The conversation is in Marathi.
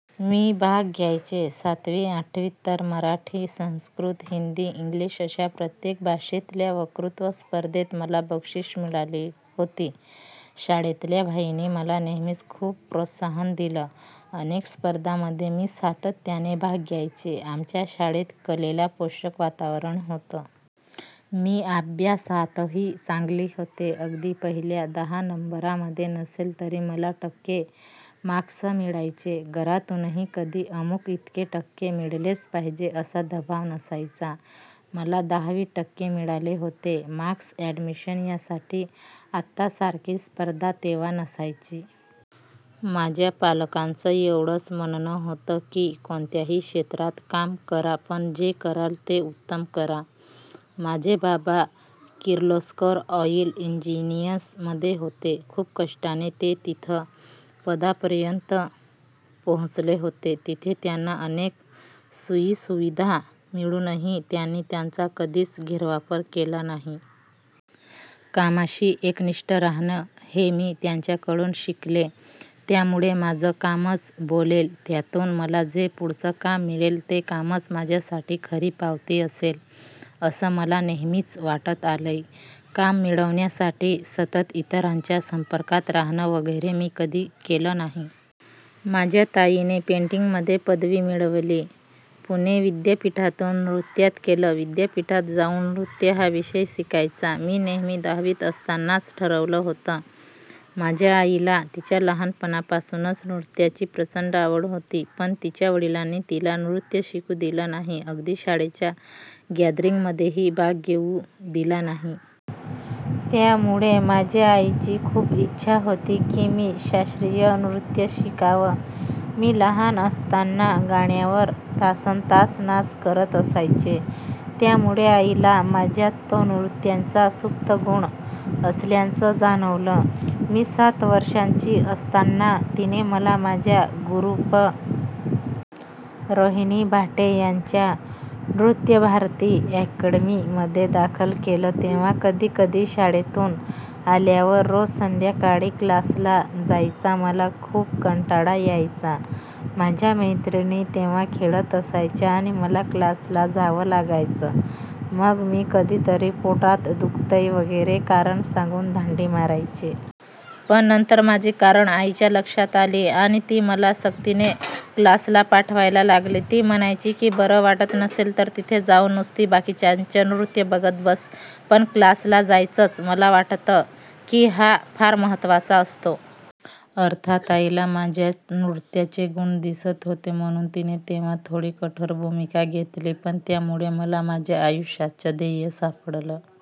मी भाग घ्यायचे. सातवी-आठवीत तर मराठी, संस्कृत, हिंदी, इंग्लिश अशा प्रत्येक भाषेतल्या वक्तृत्व स्पर्धेत मला बक्षिसं मिळाली होती! शाळेतल्या बाईंनी मला नेहमीच खूप प्रोत्साहन दिलं. अनेक स्पर्धांमध्ये मी सातत्याने भाग घ्यायचे. आमच्या शाळेत कलेला पोषक वातावरण होतं. मी अभ्यासातही चांगली होते. अगदी पहिल्या दहा नंबरांमध्ये नसले तरी मला टक्के मार्क्स मिळायचे. घरातूनही कधी 'अमुक इतके टक्के मिळालेच पाहिजेत' असा दबाव नसायचा. मला दहावीत टक्के मिळाले होते. मार्क्स, अॅडमिशन यासाठी आत्तासारखी स्पर्धा तेव्हा नसायची. माझ्या पालकांचं एवढंच म्हणणं होतं की, कोणत्याही क्षेत्रात काम करा पण जे कराल ते उत्तम करा. माझे बाबा 'किर्लोस्कर ऑइल इंजिन्स'मध्ये होते, खूप कष्टाने ते तिथे.. पदापर्यंत पोहोचले होते. तिथे त्यांना अनेक सोयीसुविधा मिळूनही त्यांनी त्याचा कधीच गैरवापर केला नाही. कामाशी एकनिष्ठ राहणं हे मी त्यांच्याकडून शिकले. त्यामुळे 'माझं कामच बोलेल, त्यातून मला जे पुढचं काम मिळेल ते कामच माझ्यासाठी खरी पावती असेल,' असं मला नेहमीच वाटत आलंय. काम मिळवण्यासाठी सतत इतरांच्या संपर्कात राहणं वगैरे मी कधी केलं नाही. माझ्या ताईने पेंटिंगमध्ये पदवी मिळवली. मी पुणे विद्यापीठातून नृत्यात.. केलं. विद्यापीठात जाऊन 'नृत्य' हा विषय शिकायचा हे मी दहावीत असतानाच ठरवलं होतं. माझ्या आईला तिच्या लहानपणापासूनच नृत्याची प्रचंड आवड होती. पण तिच्या वडिलांनी तिला नृत्य शिकू दिलं नाही, अगदी शाळेच्या गॅदरिंगमध्येही भाग घेऊ दिला नाही. त्यामुळे माझ्या आईची खूप इच्छा होती की मी शास्त्रीय नृत्य शिकावं. मी लहान असताना गाण्यांवर तासन्तास नाच करत असायचे. त्यामुळे आईला माझ्यात तो नृत्याचा सुप्त गुण असल्याचं जाणवलं. मी सात वर्षांची असताना तिने मला, माझ्या गुरू पं. रोहिणी भाटे यांच्या नृत्यभारती अॅकडमीमध्ये दाखल केलं. तेव्हा कधीकधी शाळेतून आल्यावर रोज संध्याकाळी क्लासला जायचा मला खूप कंटाळा यायचा. माझ्या मैत्रिणी तेव्हा खेळत असायच्या आणि मला क्लासला जावं लागायचं! मग मी कधीतरी 'पोटात दुखतंय' वगैरे कारणं सांगून दांडी मारायचे. पण नंतर माझी कारणं आईच्या लक्षात आली आणि ती मला सक्तीने क्लासला पाठवायला लागली. ती म्हणायची की बरं वाटत नसेल तर तिथे जाऊन नुसती बाकीच्यांचं नृत्य बघत बस, पण क्लासला जायचंच. मला वाटतं की, हा फार महत्त्वाचा असतो. अर्थात आईला माझ्यात नृत्याचे गुण दिसत होते म्हणून तिने तेव्हा थोडी कठोर भूमिका घेतली. पण त्यामुळे मला माझ्या आयुष्याचं 'ध्येय' सापडलं!